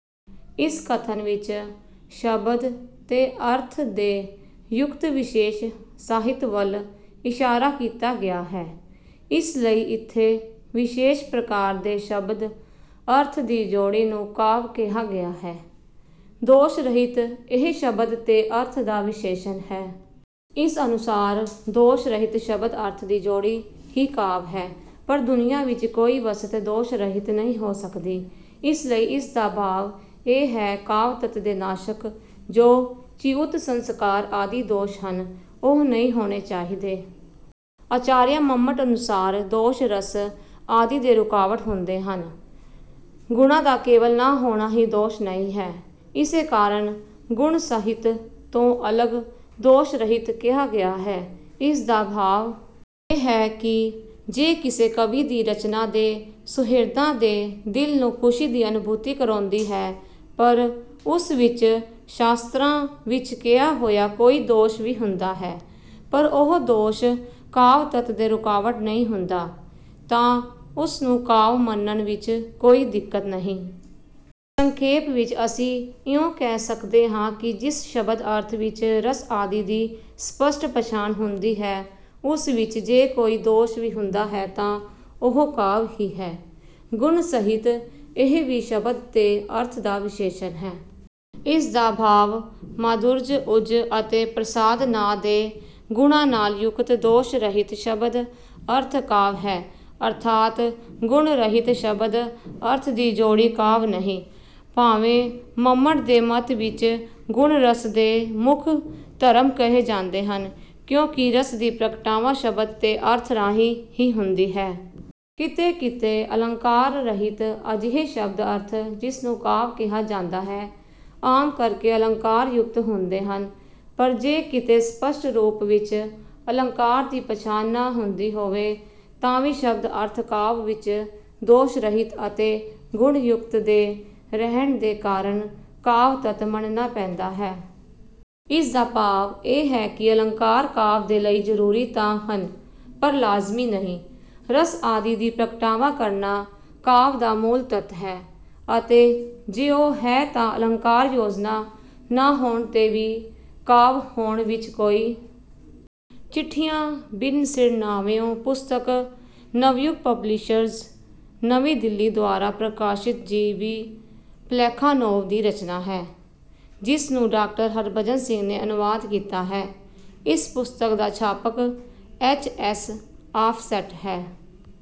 ਇਸ ਕਥਨ ਵਿੱਚ ਸ਼ਬਦ ਤੇ ਅਰਥ ਦੇ ਯੁਕਤ ਵਿਸ਼ੇਸ਼ ਸਾਹਿਤ ਵੱਲ ਇਸ਼ਾਰਾ ਕੀਤਾ ਗਿਆ ਹੈ। ਇਸ ਲਈ ਇਥੇ ਵਿਸ਼ੇਸ਼ ਪ੍ਰਕਾਰ ਦੇ ਸ਼ਬਦ ਅਰਥ ਦੀ ਜੋੜੀ ਨੂੰ ਕਾਵਿ ਕਿਹਾ ਗਿਆ ਹੈ। ਦੋਸ਼ ਰਹਿਤ ਇਹ ਸ਼ਬਦ ਤੇ ਅਰਥ ਦਾ ਵਿਸ਼ੇਸ਼ਣ ਹੈ। ਇਸ ਅਨੁਸਾਰ ਦੋਸ਼ ਰਹਿਤ ਸ਼ਬਦ ਅਰਥ ਦੀ ਜੋੜੀ ਹੀ ਕਾਵਿ ਹੈ। ਪਰ ਦੁਨੀਆਂ ਵਿਚ ਕੋਈ ਵਸਤ ਦੋਸ਼ ਰਹਿਤ ਨਹੀਂ ਹੋ ਸਕਦੀ। ਇਸ ਲਈ ਇਸ ਦਾ ਭਾਵ ਇਹ ਹੈ ਕਾਵਿ ਤੱਤ ਦੇ ਨਾਸ਼ਕ ਜੋ ਚਿਊਤ ਸੰਸਕਾਰ ਆਦਿ ਦੋਸ਼ ਹਨ ਉਹ ਨਹੀਂ ਹੋਣੇ ਚਾਹੀਦੇ। ਆਚਾਰੀਆ ਮੰਮਟ ਅਨੁਸਾਰ ਦੋਸ਼ ਰਸ ਆਦਿ ਦੇ ਰੁਕਾਵਟ ਹੁੰਦੇ ਹਨ ਗੁਣਾਂ ਦਾ ਕੇਵਲ ਨਾ ਹੋਣਾ ਹੀ ਦੋਸ਼ ਨਹੀਂ ਹੈ। ਇਸੇ ਕਾਰਨ ਗੁਣ ਸਹਿਤ ਤੋਂ ਅਲੱਗ ਦੋਸ਼ ਰਹਿਤ ਕਿਹਾ ਗਿਆ ਹੈ। ਇਸ ਦਾ ਭਾਵ ਇਹ ਹੈ ਕਿ ਜੇ ਕਿਸੇ ਕਵੀ ਦੀ ਰਚਨਾ ਦੇ ਸੁਹਿਰਦਾਂ ਦੇ ਦਿਲ ਨੂੰ ਖੁਸ਼ੀ ਦੀ ਅਨੁਭੂਤੀ ਕਰਾਉਂਦੀ ਹੈ ਪਰ ਉਸ ਵਿੱਚ ਸ਼ਾਸਤਰਾਂ ਵਿੱਚ ਕਿਹਾ ਹੋਇਆ ਕੋਈ ਦੋਸ਼ ਵੀ ਹੁੰਦਾ ਹੈ ਪਰ ਉਹ ਦੋਸ਼ ਕਾਵਿ ਤੱਤ ਦੇ ਰੁਕਾਵਟ ਨਹੀਂ ਹੁੰਦਾ ਤਾਂ ਉਸ ਨੂੰ ਕਾਵਿ ਮੰਨਣ ਵਿੱਚ ਕੋਈ ਦਿੱਕਤ ਨਹੀਂ। ਸੰਖੇਪ ਵਿੱਚ ਅਸੀਂ ਇਉਂ ਕਹਿ ਸਕਦੇ ਹਾਂ ਕਿ ਜਿਸ ਸ਼ਬਦ ਅਰਥ ਵਿੱਚ ਰਸ ਆਦਿ ਦੀ ਸਪਸ਼ਟ ਪਛਾਣ ਹੁੰਦੀ ਹੈ ਉਸ ਵਿੱਚ ਜੇ ਕੋਈ ਦੋਸ਼ ਵੀ ਹੁੰਦਾ ਹੈ ਤਾਂ ਉਹ ਕਾਵਿ ਹੀ ਹੈ। ਗੁਣ ਸਹਿਤ ਇਹ ਵੀ ਸ਼ਬਦ ਤੇ ਅਰਥ ਦਾ ਵਿਸ਼ੇਸ਼ਣ ਹੈ। ਇਸ ਦਾ ਭਾਵ ਮਾਧੁਰਜ ਓਜ ਅਤੇ ਪ੍ਰਸਾਦ ਨਾਂ ਦੇ ਗੁਣਾਂ ਨਾਲ ਯੁਕਤ ਦੋਸ਼ ਰਹਿਤ ਸ਼ਬਦ ਅਰਥ ਕਾਵਿ ਹੈ ਅਰਥਾਤ ਗੁਣ ਰਹਿਤ ਸ਼ਬਦ ਅਰਥ ਦੀ ਜੋੜੀ ਕਾਵਿ ਨਹੀਂ। ਭਾਵੇਂ ਮੰਮਟ ਦੇ ਮੱਤ ਵਿੱਚ ਗੁਣ ਰਸ ਦੇ ਮੁੱਖ ਧਰਮ ਕਹੇ ਜਾਂਦੇ ਹਨ ਕਿਉਂਕਿ ਰਸ ਦੀ ਪ੍ਰਗਟਾਵਾ ਸ਼ਬਦ ਤੇ ਅਰਥ ਰਾਹੀਂ ਹੀ ਹੁੰਦੀ ਹੈ। ਕਿਤੇ ਕਿਤੇ ਅਲੰਕਾਰ ਰਹਿਤ ਅਜਿਹੇ ਸ਼ਬਦ ਅਰਥ ਜਿਸ ਨੂੰ ਕਾਵਿ ਕਿਹਾ ਜਾਂਦਾ ਹੈ ਆਮ ਕਰਕੇ ਅਲੰਕਾਰ ਯੁਕਤ ਹੁੰਦੇ ਹਨ ਪਰ ਜੇ ਕਿਤੇ ਸਪਸ਼ਟ ਰੂਪ ਵਿੱਚ ਅਲੰਕਾਰ ਦੀ ਪਛਾਣ ਨਾ ਹੁੰਦੀ ਹੋਵੇ ਤਾਂ ਵੀ ਸ਼ਬਦ ਅਰਥ ਕਾਵਿ ਵਿੱਚ ਦੋਸ਼ ਰਹਿਤ ਅਤੇ ਗੁਣ ਯੁਕਤ ਦੇ ਰਹਿਣ ਦੇ ਕਾਰਨ ਕਾਵਿ ਤੱਤ ਮੰਨਣਾ ਪੈਂਦਾ ਹੈ। ਇਸ ਦਾ ਭਾਵ ਇਹ ਹੈ ਕਿ ਅਲੰਕਾਰ ਕਾਵਿ ਦੇ ਲਈ ਜ਼ਰੂਰੀ ਤਾਂ ਹਨ ਪਰ ਲਾਜ਼ਮੀ ਨਹੀਂ। ਰਸ ਆਦਿ ਦੀ ਪ੍ਰਗਟਾਵਾ ਕਰਨਾ ਕਾਵਿ ਦਾ ਮੂਲ ਤੱਤ ਹੈ ਅਤੇ ਜੇ ਉਹ ਹੈ ਤਾਂ ਅਲੰਕਾਰ ਯੋਜਨਾ ਨਾ ਹੋਣ ਤੇ ਵੀ ਕਾਵਿ ਹੋਣ ਵਿੱਚ ਕੋਈ। ਚਿੱਠੀਆਂ ਬਿਨ ਸਿਰਨਾਵਿਓਂ ਪੁਸਤਕ ਨਵਯੁਗ ਪਬਲਿਸ਼ਰਜ਼ ਨਵੀਂ ਦਿੱਲੀ ਦੁਆਰਾ ਪ੍ਰਕਾਸ਼ਿਤ ਜੀ ਵੀ ਪਲੈਖਾਨੋਵ ਦੀ ਰਚਨਾ ਹੈ ਜਿਸ ਨੂੰ ਡਾਕਟਰ ਹਰਿਭਜਨ ਸਿੰਘ ਨੇ ਅਨੁਵਾਦ ਕੀਤਾ ਹੈ। ਇਸ ਪੁਸਤਕ ਦਾ ਛਾਪਕ ਐਚ ਐਸ ਆਫਸੈਟ ਹੈ।